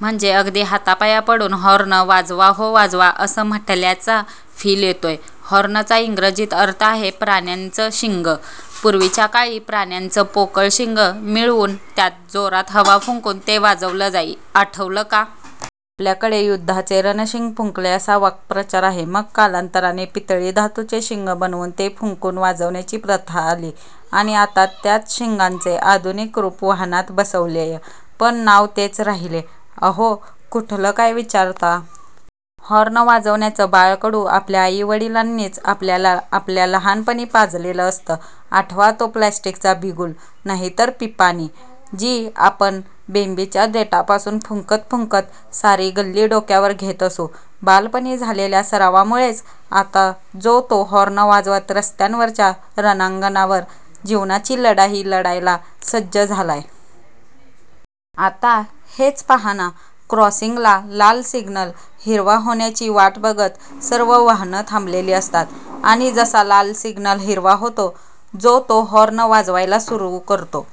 म्हणजे अगदी हातापाया पडून "हॉर्न वाजवा हो वाजवा" असं म्हटल्याचा फिल येतोय. हॉर्नचा इंग्रजीत अर्थ आहे, प्राण्यांचं शिंग. पूर्वीच्या काळी प्राण्यांचं पोकळ शिंग मिळवून त्यात जोरात हवा फुंकून ते वाजवलं जाई. आठवलं का? आपल्याकडे युद्धाचे रणशिंग फुंकले असा वाक्प्रचार आहे. मग कालांतराने पितळी धातूचे शिंग बनवून ते फुंकून वाजवण्याची प्रथा आली. आणि आता त्याच शिंगांचे आधुनिक रूप वाहनात बसवलेय. पण नांव तेच राहिले. अहो कुठलं काय विचारता? हॉर्न वाजवण्याचं बाळकडू आपल्या आईवडिलांनीच आपल्याला आपल्या लहानपणी पाजलेलं असतं. आठवा तो प्लास्टिकचा बिगुल नाहीतर पिपाणी, जी आपण बेंबीच्या देठापासून फुंकत फुंकत सारी गल्ली डोक्यावर घेत असू. बालपणी झालेल्या सरावामुळेच आता जो तो हॉर्न वाजवत रस्त्यांवरच्या रणांगणावर जीवनाची लढाई लढायला सज्ज झालाय. आता हेच पहा ना! क्रॉसिंगला लाल सिग्नल हिरवा होण्याची वाट बघत सर्व वाहनं थांबलेली असतात. आणि जसा लाल सिग्नल हिरवा होतो. जो तो हॉर्न वाजवायला सुरु करतो.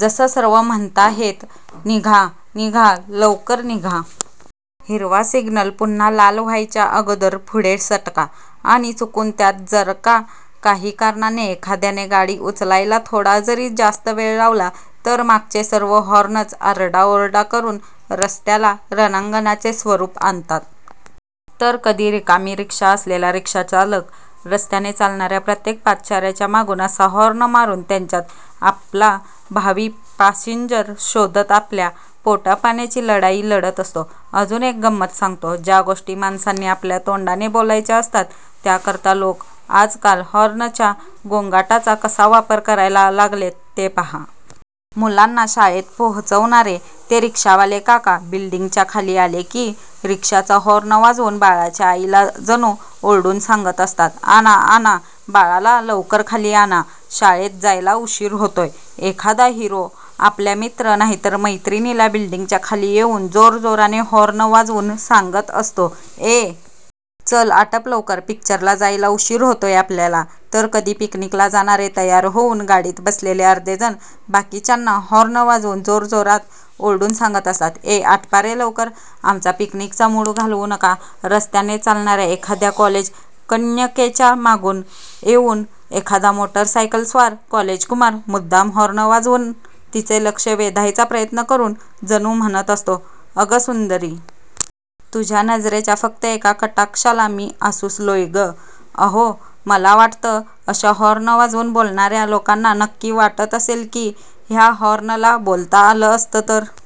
जसं सर्व म्हणताहेत, "निघा! निघा! लवकर निघा! हिरवा सिग्नल पुन्हा लाल व्हायच्या अगोदर पुढे सटका. " आणि चुकून त्यात जरका काही कारणाने एखाद्याने गाडी उचलायला थोडा जरी जास्त वेळ लावला, तर मागचे सर्व हॉर्नचा आरडा ओरडा करून रस्त्याला रणांगणाचे स्वरूप आणतात. तर कधी रिकामी रिक्षा असलेला रिक्षाचालक रस्त्याने चालणाऱ्या प्रत्येक पादचाऱ्याच्या मागून असा हॉर्न मारून त्यांच्यात आपला भावी पाशींजर शोधत आपल्या पोटापाण्याची लढाई लढत असतो. अजून एक गंमत सांगतो. ज्या गोष्टी माणसांनी आपल्या तोंडाने बोलायच्या असतात त्याकरता लोकं आजकाल हॉर्नच्या गोंगाटाचा कसा वापर करायला लागलेत ते पहा! मुलांना शाळेत पोहचवणारे ते रिक्षावाले काका! बिल्डिंगच्या खाली आले, कि रिक्षाचा हॉर्न वाजवून बाळाच्या आईला जणू ओरडून सांगत असतात. "आणा! आणा! बाळाला लवकर खाली आणा. शाळेत जायला उशीर होतोय. एखादा हिरो आपल्या मित्र नाहीतर मैत्रिणीला बिल्डिंगच्या खाली येऊन जोरजोराने हॉर्न वाजवून सांगत असतो "ए! चल आटप लवकर. पिक्चरला जायला उशीर होतोय आपल्याला" तर कधी पिकनिकला जाणारे तयार होऊन गाडीत बसलेले अर्धे जण बाकीच्यांना हॉर्न वाजवून, जोरजोरात ओरडून सांगत असतात "ए आटपा रे लवकर! आमचा पिकनिकचा मूड घालवू नका" रस्त्याने चालणाऱ्या एखाद्या कॉलेज कन्यकेच्या मागून येऊन एखादा मोटरसायकलस्वार कॉलेजकुमार मुद्दाम हॉर्न वाजवून तिचे लक्ष वेधायचा प्रयत्न करून जणू म्हणत असतो "अगं सुंदरी! तुझ्या नजरेच्या फक्त एका कटाक्षाला मी आसुसलोय गं! "अहो! मला वाटतं, अशा हॉर्न वाजवून बोलणाऱ्या लोकांना नक्की वाटत असेल कि ह्या हॉर्नला बोलता आलं असतं तर